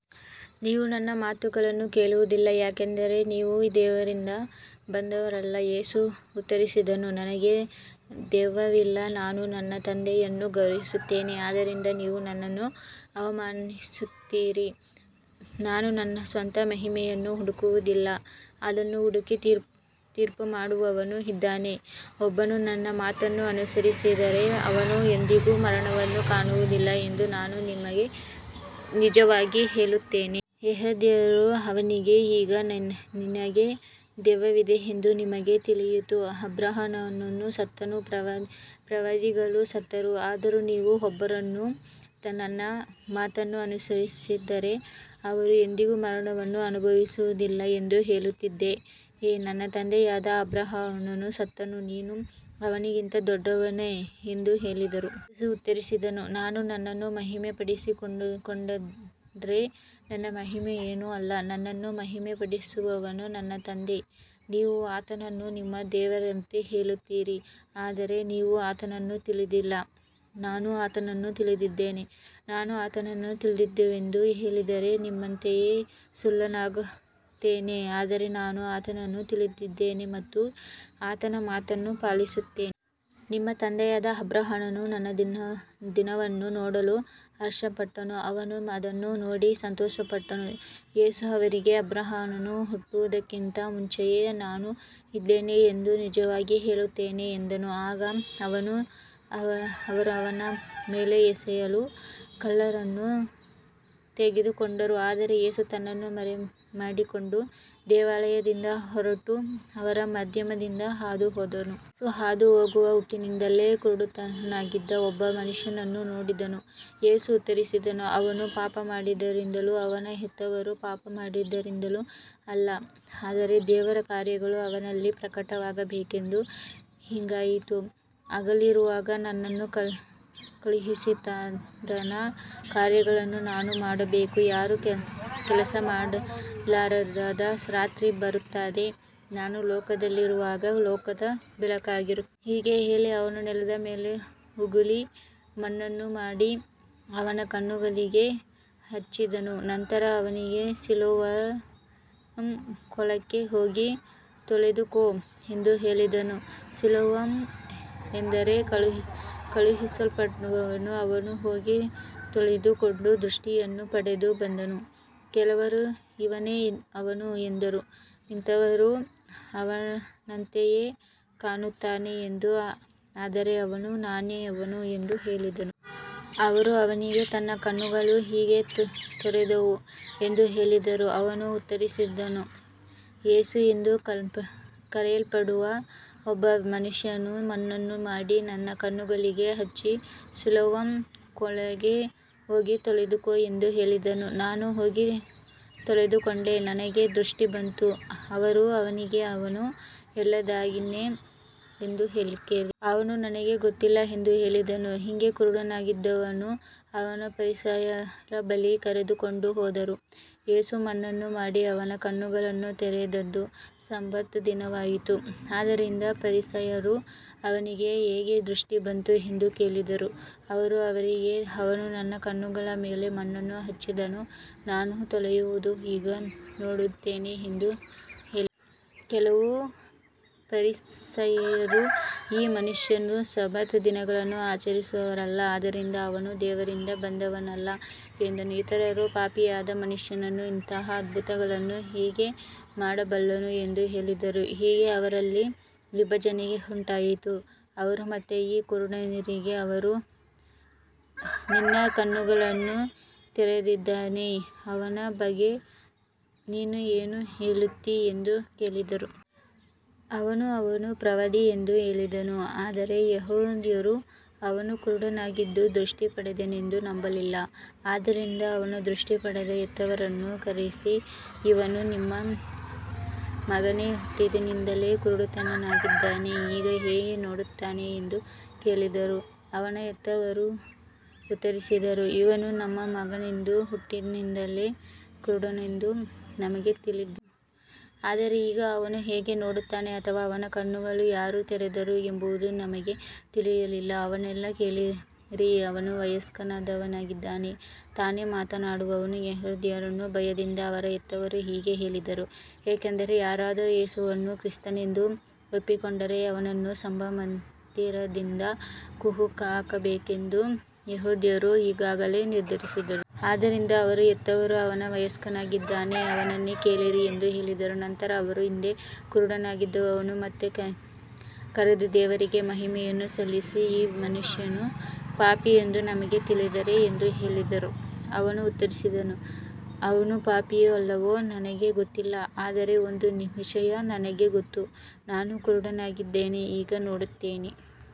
ನೀವು ನನ್ನ ಮಾತುಗಳನ್ನು ಕೇಳುವುದಿಲ್ಲ, ಏಕೆಂದರೆ ನೀವು ದೇವರಿಂದ ಬಂದವರಲ್ಲ. ಯೇಸು ಉತ್ತರಿಸಿದನು, ನನಗೆ ದೆವ್ವವಿಲ್ಲ, ನಾನು ನನ್ನ ತಂದೆಯನ್ನು ಗೌರವಿಸುತ್ತೇನೆ, ಆದರೆ ನೀವು ನನ್ನನ್ನು ಅವಮಾನಿಸುತ್ತೀರಿ. ನಾನು ನನ್ನ ಸ್ವಂತ ಮಹಿಮೆಯನ್ನು ಹುಡುಕುವುದಿಲ್ಲ, ಅದನ್ನು ಹುಡುಕಿ ತೀರ್ಪುಮಾಡುವವನು ಇದ್ದಾನೆ. ಒಬ್ಬನು ನನ್ನ ಮಾತನ್ನು ಅನುಸರಿಸಿದರೆ ಅವನು ಎಂದಿಗೂ ಮರಣವನ್ನು ಕಾಣುವುದಿಲ್ಲ ಎಂದು ನಾನು ನಿಮಗೆ ನಿಜವಾಗಿ ಹೇಳುತ್ತೇನೆ. ಯೆಹೂದ್ಯರು ಅವನಿಗೆ, ಈಗ ನಿನಗೆ ದೆವ್ವವಿದೆ ಎಂದು ನಮಗೆ ತಿಳಿಯಿತು. ಅಬ್ರಹಾಮನು ಸತ್ತನು, ಪ್ರವಾದಿಗಳೂ ಸತ್ತರು, ಆದರೂ ನೀನು, ಒಬ್ಬನು ನನ್ನ ಮಾತನ್ನು ಅನುಸರಿಸಿದರೆ ಅವನು ಎಂದಿಗೂ ಮರಣವನ್ನು ಅನುಭವಿಸುವುದಿಲ್ಲ ಎಂದು ಹೇಳುತ್ತೀಯೆ. ನಮ್ಮ ತಂದೆಯಾದ ಅಬ್ರಹಾಮನು ಸತ್ತನು, ನೀನು ಅವನಿಗಿಂತ ದೊಡ್ಡವನೋ ಎಂದು ಕೇಳಿದರು. ಯೇಸು ಉತ್ತರಿಸಿದನು, ನಾನು ನನ್ನನ್ನು ಮಹಿಮೆಪಡಿಸಿಕೊಂಡರೆ ನನ್ನ ಮಹಿಮೆ ಏನೂ ಅಲ್ಲ, ನನ್ನನ್ನು ಮಹಿಮೆಪಡಿಸುವವನು ನನ್ನ ತಂದೆ. ನೀವು ಆತನನ್ನು ನಿಮ್ಮ ದೇವರೆಂದು ಹೇಳುತ್ತೀರಿ, ಆದರೆ ನೀವು ಆತನನ್ನು ತಿಳಿದಿಲ್ಲ, ನಾನು ಆತನನ್ನು ತಿಳಿದಿದ್ದೇನೆ. ನಾನು ಆತನನ್ನು ತಿಳಿದಿಲ್ಲವೆಂದು ಹೇಳಿದರೆ ನಿಮ್ಮಂತೆಯೇ ಸುಳ್ಳುಗಾರನಾಗುತ್ತೇನೆ, ಆದರೆ ನಾನು ಆತನನ್ನು ತಿಳಿದಿದ್ದೇನೆ ಮತ್ತು ಆತನ ಮಾತನ್ನು ಪಾಲಿಸುತ್ತೇನೆ. ನಿಮ್ಮ ತಂದೆಯಾದ ಅಬ್ರಹಾಮನು ನನ್ನ ದಿನವನ್ನು ನೋಡಲು ಹರ್ಷಪಟ್ಟನು, ಅವನು ಅದನ್ನು ನೋಡಿ ಸಂತೋಷಪಟ್ಟನು. ಯೇಸು ಅವರಿಗೆ, ಅಬ್ರಹಾಮನು ಹುಟ್ಟುವುದಕ್ಕಿಂತ ಮುಂಚೆಯೇ ನಾನು ಇದ್ದೇನೆ ಎಂದು ನಿಜವಾಗಿ ಹೇಳುತ್ತೇನೆ ಎಂದನು. ಆಗ ಅವರು ಅವನ ಮೇಲೆ ಎಸೆಯಲು ಕಲ್ಲುಗಳನ್ನು ತೆಗೆದುಕೊಂಡರು, ಆದರೆ ಯೇಸು ತನ್ನನ್ನು ಮರೆಮಾಡಿಕೊಂಡು ದೇವಾಲಯದಿಂದ ಹೊರಟು ಅವರ ಮಧ್ಯದಿಂದ ಹಾದುಹೋದನು. ಯೇಸು ಹಾದುಹೋಗುವಾಗ ಹುಟ್ಟಿನಿಂದಲೇ ಕುರುಡನಾಗಿದ್ದ ಒಬ್ಬ ಮನುಷ್ಯನನ್ನು ನೋಡಿದನು. ಯೇಸು ಉತ್ತರಿಸಿದನು, ಅವನು ಪಾಪಮಾಡಿದ್ದರಿಂದಲೂ ಅವನ ಹೆತ್ತವರು ಪಾಪಮಾಡಿದ್ದರಿಂದಲೂ ಅಲ್ಲ, ಆದರೆ ದೇವರ ಕಾರ್ಯಗಳು ಅವನಲ್ಲಿ ಪ್ರಕಟವಾಗಬೇಕೆಂದು ಹೀಗಾಯಿತು. ಹಗಲಿರುವಾಗ ನನ್ನನ್ನು ಕಳುಹಿಸಿದಾತನ ಕಾರ್ಯಗಳನ್ನು ನಾವು ಮಾಡಬೇಕು, ಯಾರೂ ಕೆಲಸಮಾಡಲಾರದ ರಾತ್ರಿ ಬರುತ್ತದೆ. ನಾನು ಲೋಕದಲ್ಲಿರುವಾಗ ಲೋಕದ ಬೆಳಕಾಗಿದ್ದೇನೆ. ಹೀಗೆ ಹೇಳಿ ಅವನು ನೆಲದ ಮೇಲೆ ಉಗುಳಿ, ಮಣ್ಣನ್ನು ಮಾಡಿ ಅವನ ಕಣ್ಣುಗಳಿಗೆ ಹಚ್ಚಿದನು. ನಂತರ ಅವನಿಗೆ, ಸಿಲೋವಾಮ್ ಕೊಳಕ್ಕೆ ಹೋಗಿ ತೊಳೆದುಕೋ ಎಂದು ಹೇಳಿದನು. ಸಿಲೋವಾಮ್ ಎಂದರೆ ಕಳುಹಿಸಲ್ಪಟ್ಟವನು. ಅವನು ಹೋಗಿ ತೊಳೆದುಕೊಂಡು ದೃಷ್ಟಿಯನ್ನು ಪಡೆದು ಬಂದನು. ಕೆಲವರು, ಇವನೇ ಅವನು ಎಂದರು, ಇತರರು, ಅವನಂತೆಯೇ ಕಾಣುತ್ತಾನೆ ಎಂದರು, ಆದರೆ ಅವನು, ನಾನೇ ಅವನು ಎಂದು ಹೇಳಿದನು. ಅವರು ಅವನಿಗೆ, ನಿನ್ನ ಕಣ್ಣುಗಳು ಹೇಗೆ ತೆರೆದವು ಎಂದು ಕೇಳಿದರು. ಅವನು ಉತ್ತರಿಸಿದನು, ಯೇಸು ಎಂದು ಕರೆಯಲ್ಪಡುವ ಒಬ್ಬ ಮನುಷ್ಯನು ಮಣ್ಣನ್ನು ಮಾಡಿ ನನ್ನ ಕಣ್ಣುಗಳಿಗೆ ಹಚ್ಚಿ, ಸಿಲೋವಾಮ್ ಕೊಳಕ್ಕೆ ಹೋಗಿ ತೊಳೆದುಕೋ ಎಂದು ಹೇಳಿದನು. ನಾನು ಹೋಗಿ ತೊಳೆದುಕೊಂಡೆ, ನನಗೆ ದೃಷ್ಟಿ ಬಂತು. ಅವರು ಅವನಿಗೆ, ಅವನು ಎಲ್ಲಿದ್ದಾನೆ ಎಂದು ಕೇಳಿದರು. ಅವನು, ನನಗೆ ಗೊತ್ತಿಲ್ಲ ಎಂದು ಹೇಳಿದನು. ಹಿಂದೆ ಕುರುಡನಾಗಿದ್ದವನನ್ನು ಅವರು ಫರಿಸಾಯರ ಬಳಿಗೆ ಕರೆದುಕೊಂಡು ಹೋದರು. ಯೇಸು ಮಣ್ಣನ್ನು ಮಾಡಿ ಅವನ ಕಣ್ಣುಗಳನ್ನು ತೆರೆದದ್ದು ಸಬ್ಬತ್ ದಿನವಾಗಿತ್ತು. ಆದ್ದರಿಂದ ಫರಿಸಾಯರೂ ಅವನಿಗೆ ಹೇಗೆ ದೃಷ್ಟಿ ಬಂತು ಎಂದು ಕೇಳಿದರು. ಅವನು ಅವರಿಗೆ, ಅವನು ನನ್ನ ಕಣ್ಣುಗಳ ಮೇಲೆ ಮಣ್ಣನ್ನು ಹಚ್ಚಿದನು, ನಾನು ತೊಳೆದುಕೊಂಡು ಈಗ ನೋಡುತ್ತೇನೆ ಎಂದು ಹೇಳಿದನು. ಕೆಲವು ಫರಿಸಾಯರು, ಈ ಮನುಷ್ಯನು ಸಬ್ಬತ್ ದಿನವನ್ನು ಆಚರಿಸುವವನಲ್ಲ, ಆದ್ದರಿಂದ ಅವನು ದೇವರಿಂದ ಬಂದವನಲ್ಲ ಎಂದರು. ಇತರರು, ಪಾಪಿಯಾದ ಮನುಷ್ಯನು ಇಂಥ ಅದ್ಭುತಗಳನ್ನು ಹೇಗೆ ಮಾಡಬಲ್ಲನು ಎಂದು ಹೇಳಿದರು. ಹೀಗೆ ಅವರಲ್ಲಿ ವಿಭಜನೆ ಉಂಟಾಯಿತು. ಅವರು ಮತ್ತೆ ಆ ಕುರುಡನಿಗೆ, ಅವನು ನಿನ್ನ ಕಣ್ಣುಗಳನ್ನು ತೆರೆದಿದ್ದಾನೆ, ಅವನ ಬಗ್ಗೆ ನೀನು ಏನು ಹೇಳುತ್ತೀ ಎಂದು ಕೇಳಿದರು. ಅವನು, ಅವನು ಪ್ರವಾದಿ ಎಂದು ಹೇಳಿದನು. ಆದರೆ ಯೆಹೂದ್ಯರು ಅವನು ಕುರುಡನಾಗಿದ್ದು ದೃಷ್ಟಿ ಪಡೆದನೆಂದು ನಂಬಲಿಲ್ಲ. ಆದ್ದರಿಂದ ಅವನ ದೃಷ್ಟಿ ಪಡೆದ ಹೆತ್ತವರನ್ನು ಕರೆಸಿ, ಇವನು ನಿಮ್ಮ ಮಗನೇ, ಹುಟ್ಟಿನಿಂದಲೇ ಕುರುಡನಾಗಿದ್ದವನೇ, ಈಗ ಹೇಗೆ ನೋಡುತ್ತಾನೆ ಎಂದು ಕೇಳಿದರು. ಅವನ ಹೆತ್ತವರು ಉತ್ತರಿಸಿದರು, ಇವನು ನಮ್ಮ ಮಗನೆಂದೂ ಹುಟ್ಟಿನಿಂದಲೇ ಕುರುಡನೆಂದೂ ನಮಗೆ ತಿಳಿದಿದೆ. ಆದರೆ ಈಗ ಅವನು ಹೇಗೆ ನೋಡುತ್ತಾನೆ ಅಥವಾ ಅವನ ಕಣ್ಣುಗಳನ್ನು ಯಾರು ತೆರೆದರು ಎಂಬುದು ನಮಗೆ ತಿಳಿದಿಲ್ಲ. ಅವನನ್ನೇ ಕೇಳಿರಿ, ಅವನು ವಯಸ್ಸಾದವನಾಗಿದ್ದಾನೆ, ತಾನೇ ಮಾತನಾಡುವನು. ಯೆಹೂದ್ಯರ ಭಯದಿಂದ ಅವನ ಹೆತ್ತವರು ಹೀಗೆ ಹೇಳಿದರು, ಏಕೆಂದರೆ ಯಾರಾದರೂ ಯೇಸುವನ್ನು ಕ್ರಿಸ್ತನೆಂದು ಒಪ್ಪಿಕೊಂಡರೆ ಅವನನ್ನು ಸಭಾಮಂದಿರದಿಂದ ಹೊರಹಾಕಬೇಕೆಂದು ಯೆಹೂದ್ಯರು ಈಗಾಗಲೇ ನಿರ್ಧರಿಸಿದ್ದರು. ಆದ್ದರಿಂದ ಅವನ ಹೆತ್ತವರು, ಅವನು ವಯಸ್ಸಾದವನಾಗಿದ್ದಾನೆ, ಅವನನ್ನೇ ಕೇಳಿರಿ ಎಂದು ಹೇಳಿದರು. ನಂತರ ಅವರು ಹಿಂದೆ ಕುರುಡನಾಗಿದ್ದವನನ್ನು ಮತ್ತೆ ಕರೆದು, ದೇವರಿಗೆ ಮಹಿಮೆಯನ್ನು ಸಲ್ಲಿಸು, ಈ ಮನುಷ್ಯನು ಪಾಪಿ ಎಂದು ನಮಗೆ ತಿಳಿದಿದೆ ಎಂದು ಹೇಳಿದರು. ಅವನು ಉತ್ತರಿಸಿದನು, ಅವನು ಪಾಪಿಯೋ ಅಲ್ಲವೋ ನನಗೆ ಗೊತ್ತಿಲ್ಲ, ಆದರೆ ಒಂದು ವಿಷಯ ನನಗೆ ಗೊತ್ತು, ನಾನು ಕುರುಡನಾಗಿದ್ದೆ, ಈಗ ನೋಡುತ್ತೇನೆ.